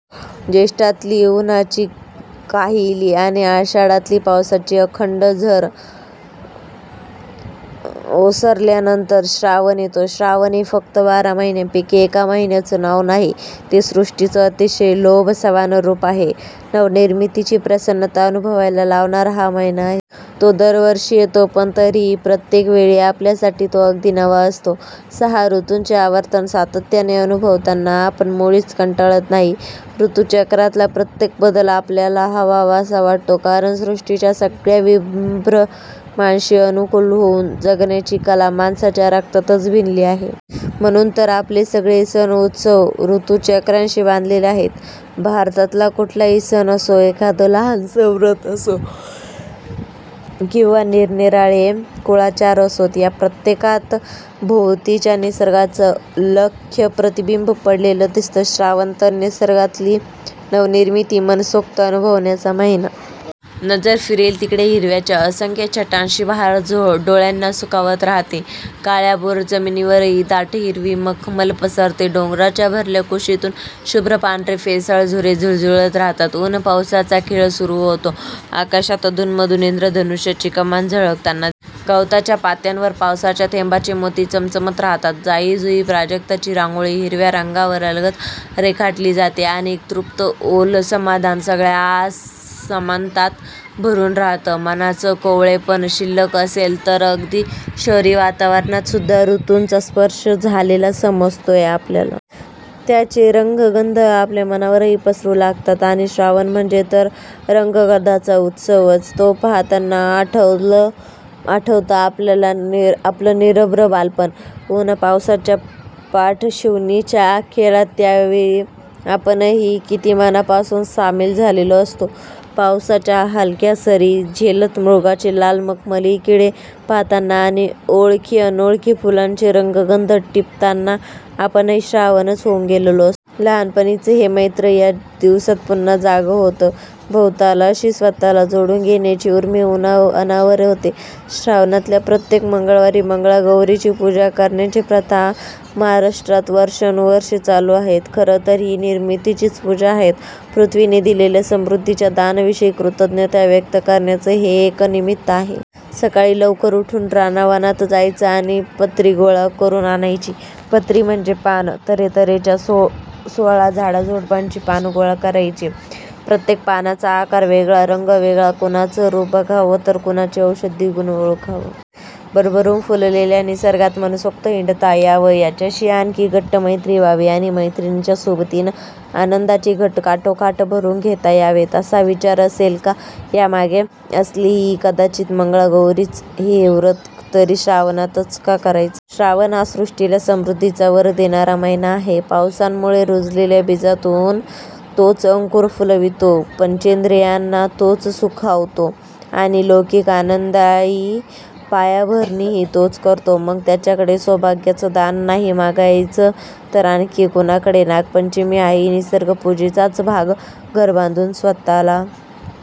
ज्येष्ठातली उन्हाची काहिली आणि आषाढातली पावसाची अखंड झड ओसरल्यानंतर श्रावण येतो. श्रावण हे फक्त बारा महिन्यांपैकी एका महिन्याचं नाव नाही. ते सृष्टीचं अतिशय लोभसवाणं रूप आहे. नवनिर्मितीची प्रसन्नता अनुभवायला लावणारा हा महिना आहे. तो दरवर्षी येतो पण तरीही प्रत्येक वेळी आपल्यासाठी तो अगदी नवा असतो. सहा ऋतूंची आवर्तनं सातत्यानं अनुभवताना आपण मुळीच कंटाळत नाही. ऋतुचक्रातला प्रत्येक बदल आपल्याला हवाहवासा वाटतो. कारण सृष्टीच्या सगळ्या विभ्रमांशी अनुकूल होऊन जगण्याची कला माणसाच्या रक्तातच भिनली आहे. म्हणून तर आपले सगळे सण-उत्सव ऋतुचक्राशी बांधलेले आहेत. भारतातला कुठलाही सण असो, एखादं लहानसं व्रत असो किंवा निरनिराळे कुळाचार असोत, या प्रत्येकात भोवतीच्या निसर्गाचं लख्ख प्रतिबिंब पडलेलं दिसतं. श्रावण तर निसर्गातली नवनिर्मिती मनसोक्त अनुभवण्याचा महिना. नजर फिरेल तिकडे हिरव्याच्या असंख्य छटांची बहार डोळ्यांना सुखावत राहते. काळ्याभोर जमिनीवरही दाट, हिरवी मखमल पसरते. डोंगराच्या भरल्या कुशीतून शुभ्र पांढरे, फेसाळ झरे झुळझुळत राहतात. ऊन-पावसाचा खेळ सुरू होतो. आकाशात अधून-मधून इंद्रधनुष्याची कमान झळकताना दिसते. गवताच्या पात्यांवर पावसाच्या थेंबांचे मोती चमचमत राहतात. जाई-जुई, प्राजक्ताची रांगोळी हिरव्या रंगावर अलगद रेखाटली जाते आणि एक तृप्त ओलं समाधान सगळ्या आसमंतात भरून राहतं. मनाचं कोवळेपण शिल्लक असेल तर अगदी शहरी वातावरणात सुद्धा ऋतूंचा स्पर्श झालेला समजतोच आपल्याला. त्याचे रंग-गंध आपल्या मनावरही पसरू लागतात. आणि श्रावण म्हणजे तर रंग-गंधाचा उत्सवच! तो पाहताना आठवलं आठवतं आपल्याला आपलं निरभ्र बालपण. ऊन-पावसाच्या पाठशिवणीच्या खेळात त्यावेळी आपणही किती मनापासून सामील झालेलो असतो! पावसाच्या हलक्या सरी झेलत मृगाचे लाल मखमली किडे पाहताना आणि ओळखी-अनोळखी फुलांचे रंग-गंध टिपताना आपणही श्रावणच होऊन गेलेलो असतो! लहानपणीचं हे मैत्र या दिवसांत पुन्हा जागं होतं. भवतालाशी स्वतःला जोडून घेण्याची ऊर्मी अनावर होते. श्रावणातल्या प्रत्येक मंगळवारी मंगळागौरीची पूजा करण्याची प्रथा महाराष्ट्रात वर्षानुवर्षं चालू आहे. खरं तर ही निर्मितीचीच पूजा आहे. पृथ्वीनं दिलेल्या समृद्धीच्या दानाविषयी कृतज्ञता व्यक्त करण्याचं हे एक निमित्त आहे. सकाळी लवकर उठून रानावनात जायचं आणि पत्री गोळा करून आणायची. पत्री म्हणजे पानं. तऱ्हेतऱ्हेच्या सोळा झाडाझुडपांची पानं गोळा करायची. प्रत्येक पानाचा आकार वेगळा, रंग वेगळा. कुणाचं रूप बघावं तर कुणाचा औषधी गुण ओळखावा. भरभरून फुललेल्या निसर्गात मनसोक्त हिंडता यावं, त्याच्याशी आणखी घट्ट मैत्री व्हावी आणि मैत्रिणींच्या सोबतीनं आनंदाचे घट काठोकाठ भरून घेता यावेत, असा विचार असेल का यामागे? असेलही कदाचित. मंगळागौरीचं हे व्रत तरी श्रावणातच का करायचं? श्रावण हा सृष्टीला समृद्धीचा वर देणारा महिना आहे. पावसामुळे रुजलेल्या बीजातून तोच अंकुर फुलवितो. पंचेंद्रियांना तोच सुखावतो आणि लौकिक आनंदाची पायाभरणीही तोच करतो. मग त्याच्याकडे सौभाग्याचं दान नाही मागायचं तर आणखी कुणाकडे? नागपंचमी हाही निसर्गपूजेचाच भाग. घर बांधून स्वतःला